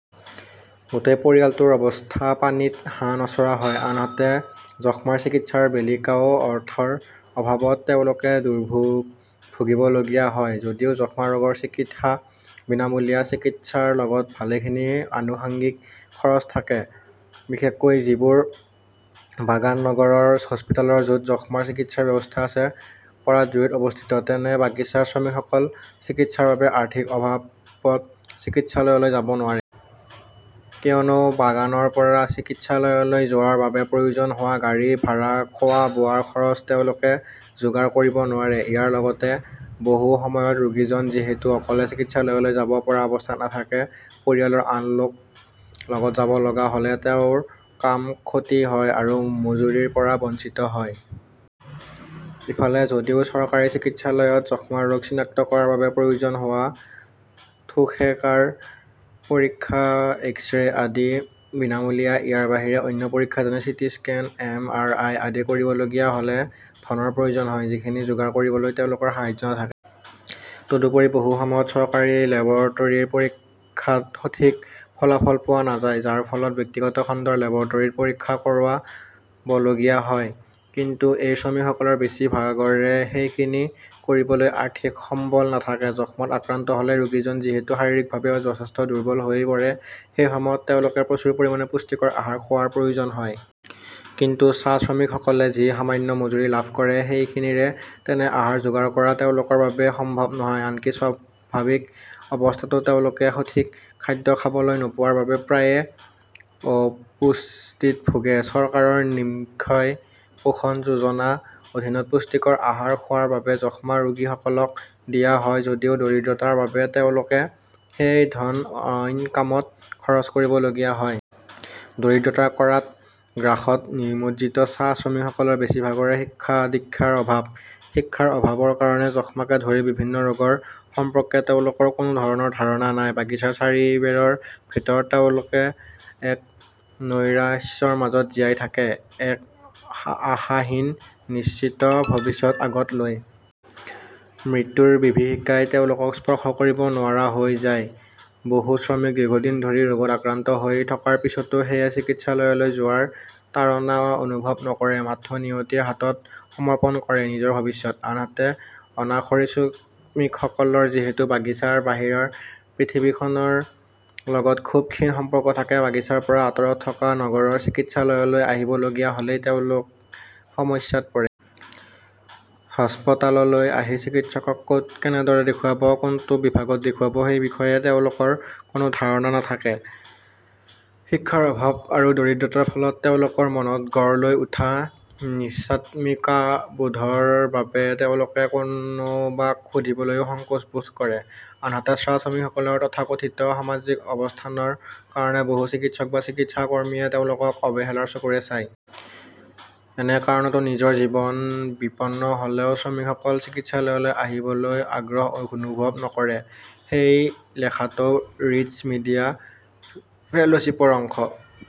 গোটেই পৰিয়ালটোৰ অৱস্থা পানীত হাঁহ নচৰা হয়। আনহাতে যক্ষ্মাৰ চিকিৎসাৰ বেলিকাও অৰ্থৰ অভাৱত তেওঁলোকে দুৰ্ভোগ ভুগিব লগীয়া হয়। যদিও যক্ষ্মা ৰোগৰ চিকিৎসা বিনামূলীয়া, চিকিৎসাৰ লগত ভালেখিনি আনুষংগিক খৰচ থাকে। বিশেষকৈ যিবোৰ বাগান নগৰৰ হাস্পতালৰ যত যক্ষ্মাৰ চিকিৎসাৰ ব্যৱস্থা আছে, পৰা দূৰৈত অৱস্থিত, তেনে বাগিচাৰ শ্ৰমিকসকল চিকিৎসাৰ বাবে অৰ্থৰ অভাৱত চিকিৎসালয়লৈ যাব নোৱাৰে। কিয়নো বাগানৰ পৰা চিকিৎসালয়লৈ যোৱাৰ বাবে প্ৰয়োজন হোৱা গাড়ী ভাৰা, খোৱা-বোৱাৰ খৰচ তেওঁলোকে যোগাৰ কৰিব নোৱাৰে। ইয়াৰ লগতে বহু সময়ত ৰোগীজন যিহেতু অকলে চিকিৎসালয়লৈ যাব পৰা অৱস্থাত নাথাকে, পৰিয়ালৰ আন লোক লগত যাব লগা হলে তেওঁৰ কাম খতি হয় আৰু মজুৰিৰ পৰা বঞ্চিত হয়। ইফালে যদিও চৰকাৰী চিকিৎসালয়ত যক্ষ্মা ৰোগ চিনাক্ত কৰাৰ বাবে প্ৰয়োজ্ন হোৱা থুখেঁকাৰ পৰীক্ষা, এক্স-ৰে আদি বিনামূলীয়া, ইয়াৰ বাহিৰে অন্য পৰীক্ষা যেনে C T scan, M R I আদি কৰিব লগীয়া হলে ধনৰ প্ৰয়োজন হয় যিখিনি যোগাৰ কৰিবলৈ তেওঁলোকৰ সামৰ্থ্য নাথাকে। তদুপৰি বহু সময়ত চৰকাৰী লেবৰেটীৰ পৰীক্ষাত সঠিক ফলাফল পোৱা নাযায়, যাৰ ফলত ব্যক্তগত খণ্ডৰ লেবৰেটীত পৰীক্ষা কৰোৱাব লগীয়া হয়। কিন্তু এই শ্ৰমিকসকলৰ বেছি ভাগৰে সেইখিনি কৰিবলৈ আৰ্থিক সম্বল নাথাকে। যক্ষ্মাত আক্ৰান্ত হলে ৰোগীজন যিহেতু শাৰীৰিকভাৱে যথেষ্ট দুৰ্বল হৈ পৰে, সেই সময়ত তেওঁলোকে প্ৰচুৰ পৰিমাণে পুষ্টিকৰ আহাৰ খোৱাৰ প্ৰয়োজন হয়। কিন্তু চাহ শ্ৰমিকসকলে যি সামান্য মজুৰি লাভ কৰে, সেইখিনিৰে তেনে আহাৰ যোগাৰ কৰা তেওঁলোকৰ বাবে সম্ভৱ নহয়। আনকি স্বাভাৱিক অৱস্থাতো তেওঁলোকে সঠিক খাদ্য খাবলৈ নপোৱাৰ বাবে প্ৰায়ে অপুষ্টিত ভুগে। চৰকাৰৰ নিক্ষয় পোষণ যোজনা অধীনত পুষ্টিকৰ আহাৰ খোৱাৰ বাবে যক্ষ্মা ৰোগীসকলক দিয়া হয় যদিও দৰিদ্ৰতাৰ বাবে তেওঁলোকে সেই ধন অইন কামত খৰচ কৰিব লগীয়া হয়। দৰিদ্ৰতাৰ কৰাল গ্ৰাসত নিমজ্জিত চাহ শ্ৰমিকসকলৰ বেছিভাগৰে শিক্ষাদীক্ষাৰ অভাৱ। শিক্ষাৰ অভাৱৰ কাৰণে যক্ষ্মাকে ধৰি বিভিন্ন ৰোগ সম্পৰ্কে তেওঁলোকৰ কোনো ধৰণৰ ধাৰণা নাই। বাগিচাৰ চাৰিবেৰৰ ভিতৰত তেওঁলোক এক নৈৰাশ্যৰ মাজত জীয়াই থাকে, এক আশাহীন অনিশ্চিত ভৱিষ্যৎ আগত লৈ। মৃত্যুৰ বিভীষিকাই তেওঁলোকক স্পৰ্শ কৰিব নোৱৰা হৈ যায়। বহু শ্ৰমিক দীৰ্ঘদিন ধৰি ৰোগত আক্ৰান্ত হৈ থকাৰ পিছতো সেয়ে চিকিৎসালয়লৈ যোৱাৰ তাড়না অনুভৱ নকৰে। মাথোঁ নিয়তিৰ হাতত সমৰ্পণ কৰে নিজৰ ভৱিষ্যত। আনহাতে অনাখৰী শ্ৰমিকসকলৰ যিহেতু বাগিচাৰ বাহিৰৰ পৃথিৱীখনৰ লগত খুব ক্ষীণ সম্পৰ্ক থাকে, বাগিচাৰ পৰা আঁতৰত থকা নগৰৰ চিকিৎসালয়লৈ আহিব লগীয়া হলেই তেওঁলোক সমস্যাত পৰে। হাস্পতাললৈ আহি চিকিৎসকক কত কেনেদৰে দেখুৱাব, কোনটো বিভাগত দেখুৱাব, সেই বিষয়ে তেওঁলোকৰ কোনো ধৰণা নাথাকে। শিক্ষাৰ অভাৱ আৰু দৰিদ্ৰতাৰ ফলত তেওঁলোকৰ মনত গঢ় লৈ উঠা নীচাত্মিকাবোধৰ বাবে তেওঁলোকে কোনোবাক সুধিবলৈও সংকোচবোধ কৰে। আনহাতে চাহ শ্ৰমিকসকলৰ তথাকথিত সামাজিক অৱস্থানৰ কাৰণে বহু চিকৎসক বা চিকিৎসাকৰ্মীয়ে তেওঁলোকক অৱহেলাৰ চকুৰে চায়। এনে কাৰণতো নিজৰ জীৱন বিপন্ন হলেও শ্ৰমিকসকল চিকিৎসালয়লৈ আহিবলৈ আগ্ৰহ অ অনুভৱ নকৰে। এই লেখাটো ৰিটছ্ মিডিয়া ফেলশ্বিপৰ অংশ।